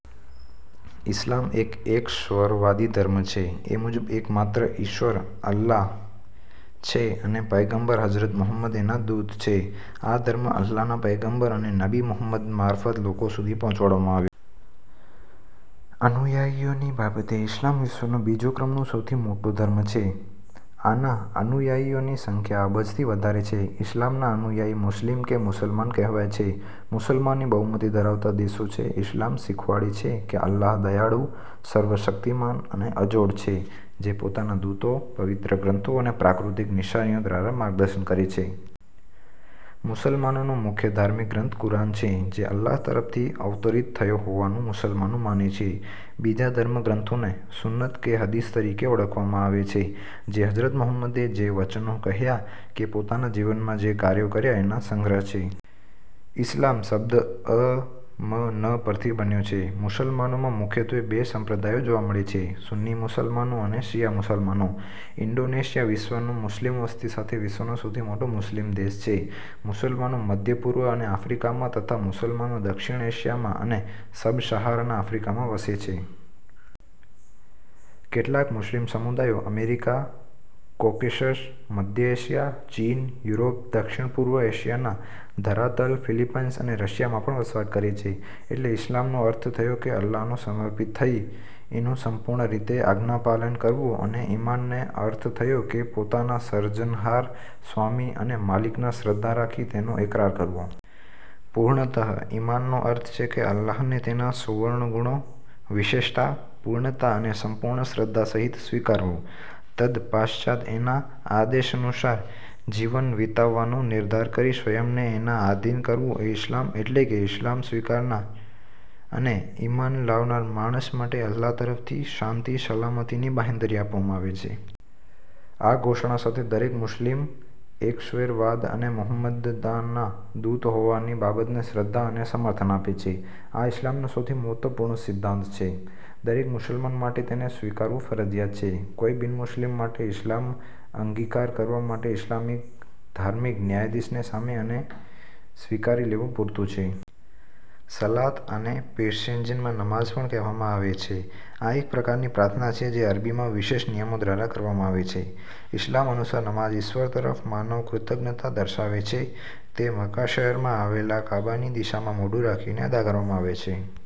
ઇસ્લામ એક એકેશ્વરવાદી ધર્મ છે એ મુજબ એક માત્ર ઈશ્વર " અલ્લાહ " છે અને પયગંબર હજરત મુહમ્મદ એના દૂત છે. આ ધર્મ અલ્લાહના પયગંબર અને નબી મુહંમદ મારફત લોકો સુધી પહોંચાડવામાં આવ્યો. અનુયાયીઓની બાબતે ઇસ્લામ વિશ્વનો બીજા ક્રમનો સૌથી મોટો ધર્મ છે. આના અનુયાયીઓની સંખ્યા અબજથી વધારે છે, ઇસ્લામના અનુયાયી મુસ્લિમ કે મુસલમાન કહેવાય છે. મુસલમાનોની બહુમતી ધરાવતા દેશો છે. ઇસ્લામ શીખવાડે છે કે અલ્લાહ દયાળુ, સર્વ શક્તિમાન અને અજોડ છે જે પોતાના દૂતો, પવિત્ર ગ્રંથો અને પ્રાકૃતિક નિશાનીઓ દ્વારા માર્ગદશન કરે છે. મુસલમાનોનો મુખ્ય ધાર્મિક ગ્રંથ કુરાન છે જે અલ્લાહ તરફથી અવતરિત થયો હોવાનું મુસલમાનો માને છે. બીજા ધર્મગ્રંથોને સુન્નત કે હદીસ તરીકે ઓળખવામાં આવે છે, જે હજરત મુહમ્મદે જે વચનો કહ્યાં કે પોતાના જીવનમાં જે કાર્યો કર્યા એના સંગ્રહ છે. ઇસ્લામ શબ્દ અ-મ-ન પરથી બન્યો છે. મુસલમાનોમાં મુખ્યત્વે બે સંપ્રદાયો જોવા મળે છે. સુન્ની મુસલમાનો અને શિયા મુસલમાનો. ઇન્ડોનેશિયા વિશ્વનની મુસ્લિમ વસ્તી સાથે વિશ્વનો સૌથી મોટો મુસ્લિમ દેશ છે. મુસલમાનો મધ્ય-પૂર્વ અને આફ્રિકામાં તથા મુસલમાનો દક્ષિણ એશિયા માં અને સબ-સહારાના આફ્રિકામાં વસે છે. કેટલાક મુસ્લિમ સમૂદાયો અમેરિકા, કોકેસસ, મધ્ય એશિયા, ચીન, યુરોપ, દક્ષિણ પૂર્વ એશિયાના ધરાતલ, ફિલીપાઈન્સ અને રશિયામાં પણ વસવાટ કરે છે. એટલે ઇસ્લામનો અર્થ થયો કે અલ્લાહને સમર્પિત થઈ એનું સંપૂર્ણ રીતે આજ્ઞાપાલન કરવું અને ઈમાનનો અર્થ થયો કે પોતાના સર્જનહાર, સ્વામી અને માલિકમાં શ્રદ્ધા રાખી તેનો એકરાર કરવો. પૂર્ણતઃ ઈમાનનો અર્થ છે અલ્લાહને તેના સર્વગુણો, વિશેષતા, પૂર્ણતા અને સંપૂર્ણ શ્રદ્ધા સહિત સ્વીકારવું. તદ્ પશ્ચાત એના આદેશાનુસાર જીવન વિતાવવાનો નિર્ધાર કરી સ્વંયને એના આઘીન કરવું એ ઇસ્લામ. એટલે કે ઇસ્લામ સ્વીકારનાર અને ઈમાન લાવનાર માણસ માટે અલ્લાહ તરફથી શાંતિ સલામતીની બાંહેધરી આપવામાં આવે છે. આ ઘોષણા સાથે, દરેક મુસ્લિમ એકેશ્વરવાદ અને મોહમ્મદના દૂત હોવાની બાબતને શ્રદ્ધા અને સમર્થન આપે છે. આ ઇસ્લામનો સૌથી મહત્વપૂર્ણ સિદ્ધાંત છે. દરેક મુસલમાન માટે તેને સ્વીકારવું ફરજિયાત છે. કોઈ બિનમુસ્લિમ માટે ઇસ્લામ અંગીકાર કરવા માટે ઇસ્લામિક ધાર્મિક ન્યાયાધીશની સામે આને સ્વીકારી લેવું પૂરતું છે. સલાત આને પર્શિયનમાં નમાઝ પણ કહેવામાં આવે છે. આ એક પ્રકારની પ્રાર્થના છે જે અરબીમાં વિશેષ નિયમો દ્વારા કરવામાં આવે છે. ઇસ્લામ અનુસાર, નમાઝ ઈશ્વર તરફ માનવ કૃતજ્ઞતા દર્શાવે છે. તે મક્કા શહેરમાં આવેલા કાબાની દિશામાં મોઢું રાખીને અદા કરવામાં આવે છે.